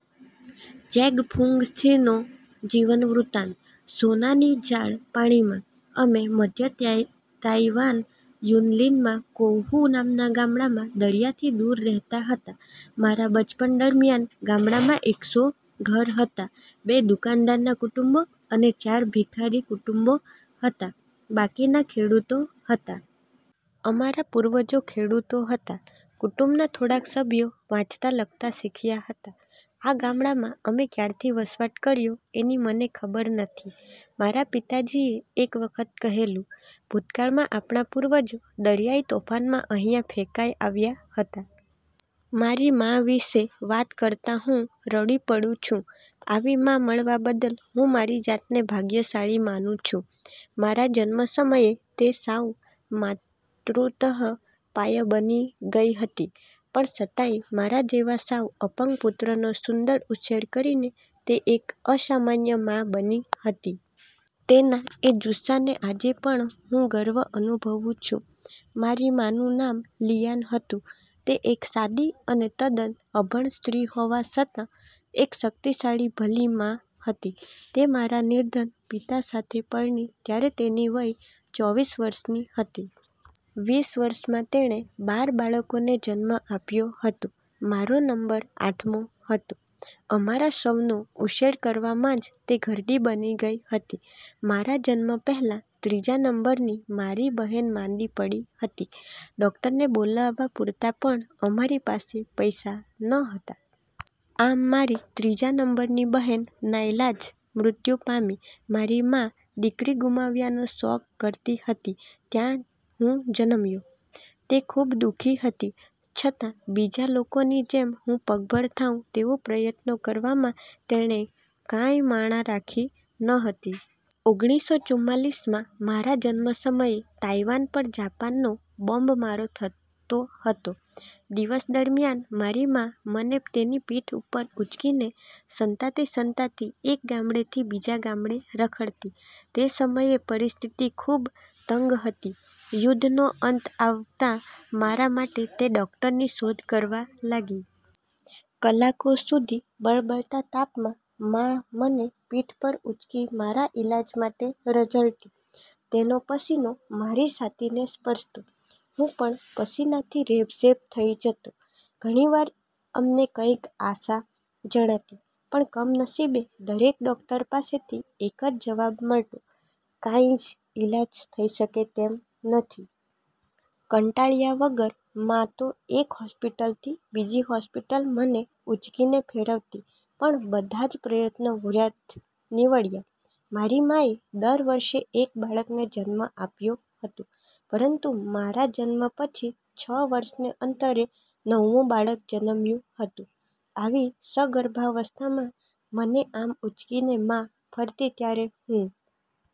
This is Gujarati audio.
ચેંગ-ફુંગ-સીનો જીવનવૃતાંત: સોનાની જાળ પાણીમાં: અમે મધ્ય તાઈવાન યુનલીનનાં કૌહુ નામના ગામડામાં દરિયાથી દૂર રહેતા હતાં. મારા બચપણ દરમિયાન ગામડામાં એકસો ઘર હતાં. બે દુકાનદારનાં કુટુંબો અને ચાર ભિખારી કુટુંબો હતાં. બાકીના ખેડૂતો હતા. અમારા પૂર્વજો ખેડૂતો હતા. કુટુંબના થોડાક સભ્યો વાંચતા લખતા શીખ્યા હતા. આ ગામડામાં અમે કયારથી વસવાટ કર્યોં એની મને ખબર નથી. મારા પિતાજીએ એક વખત કહેલું, ''ભૂતકાળમાં આપણા પૂર્વંજો દરિયાઇ તોફાનમાં અહિંયા ફેંકાઇ આવ્યા હતા.'' મારી માં વિષે વાત કરતા હું રડી પડું છું. આવી માં મળવા બદલ હું મારી જાતને ભાગ્યશાળી માનું છું. મારા જન્મ સમયે તે સાવ મૃતઃપાય બની ગઈ હતી, પણ છતાંય મારા જેવા સાવ અપંગ પુત્રનો સુંદર ઉછેર કરીને તે એક અસામાન્ય માં બની હતી. તેના એ જુસ્સાનો આજે પણ હું ગર્વ અનુભવું છું. મારી માં નું નામ લી યાન હતું. તે એક સાદી અને તદ્દન અભણ સ્ત્રી હોવા છતાં એક શક્તિશાળી ભલી માં હતી. તે મારા નિર્ધન પિતા સાથે પરણી ત્યારે તેની વય ચોવીસ વર્ષની હતી. વીસ વર્ષંમાં તેણે બાર બાળકોને જન્મ આપ્યો હતો. મારો નંબર આઠમો હતો. અમારા સૌનો ઉછેર કરવામાં જ તે ઘરડી બની ગઈ હતી. મારા જન્મ પહેલાં ત્રીજા નંબરની મારી બહેન માંદી પડી હતી. ડૉક્ટરને બોલાવવા પૂરતા પણ અમારી પાસે પૈસા ન હતા. આમ મારી ત્રીજા નંબરની બહેન નાઈલાજ મૃત્યુ પામી. મારી માં દીકરી ગુમાવ્યાનો શોક કરતી હતી ત્યાં હું જન્મ્યો. તે ખૂબ દુઃખી હતી, છતાં બીજા લોકોની જેમ હું પગભર થાઉં તેવા પ્રયત્નો કરવામાં તેણે કાંઈ મણા રાખી ન હતી. ઓગણીસો ચુમ્માંલીસમા મારા જન્મ સમયે તાઈવાન પર જાપાનનો બોમ્બમારો થતો હતો. દિવસ દરમિયાન મારી માં મને તેની પીઠ પર ઊંચકીને સંતાતી-સંતાતી એક ગામડેથી બીજે ગામડે રખડતી. તે સમયે પરિસ્થિતિ ખૂબ તંગ હતી. યુદ્ધનો અંત આવતાં મારા માટે તે ડૉક્ટરની શોધ કરવા લાગી. કલાકો સુધી બળબળતા તાપમા માં મને પીઠ પર ઊંચકી મારા ઇલાજ માટે રઝળતી. તેનો પસીનો મારી છાતીને સ્પર્શતો. હું પણ પસીનાથી રેબઝેબ થઇ જતો. ઘણીવાર અમને કાંઈક આશા જણાતી, પણ, કમનસીબે દરેક ડૉક્ટર પાસેથી એકજ જવાબ મળતો, ''કાંઈજ ઇલાજ થઈ શકે તેમ નથી.'' કંટાળ્યા વગર મા તો એક હૉસ્પિટલથી બીજી હૉસ્પિટલ મને ઊંચકીને ફેરવતી, પણ બધાજ પ્રયત્નો વ્યર્થ નિવડ્યા. મારી માએ દર વર્ષે એક બાળકને જન્મ આપ્યો હતો. પરંતુ મારા જન્મ પછી છ વર્ષને અંતરે નવમું બાળક જન્મ્યું હતું. આવી સગર્ભાવસ્થામાં મને આમ ઊંચકીને મા ફરતી ત્યારે હું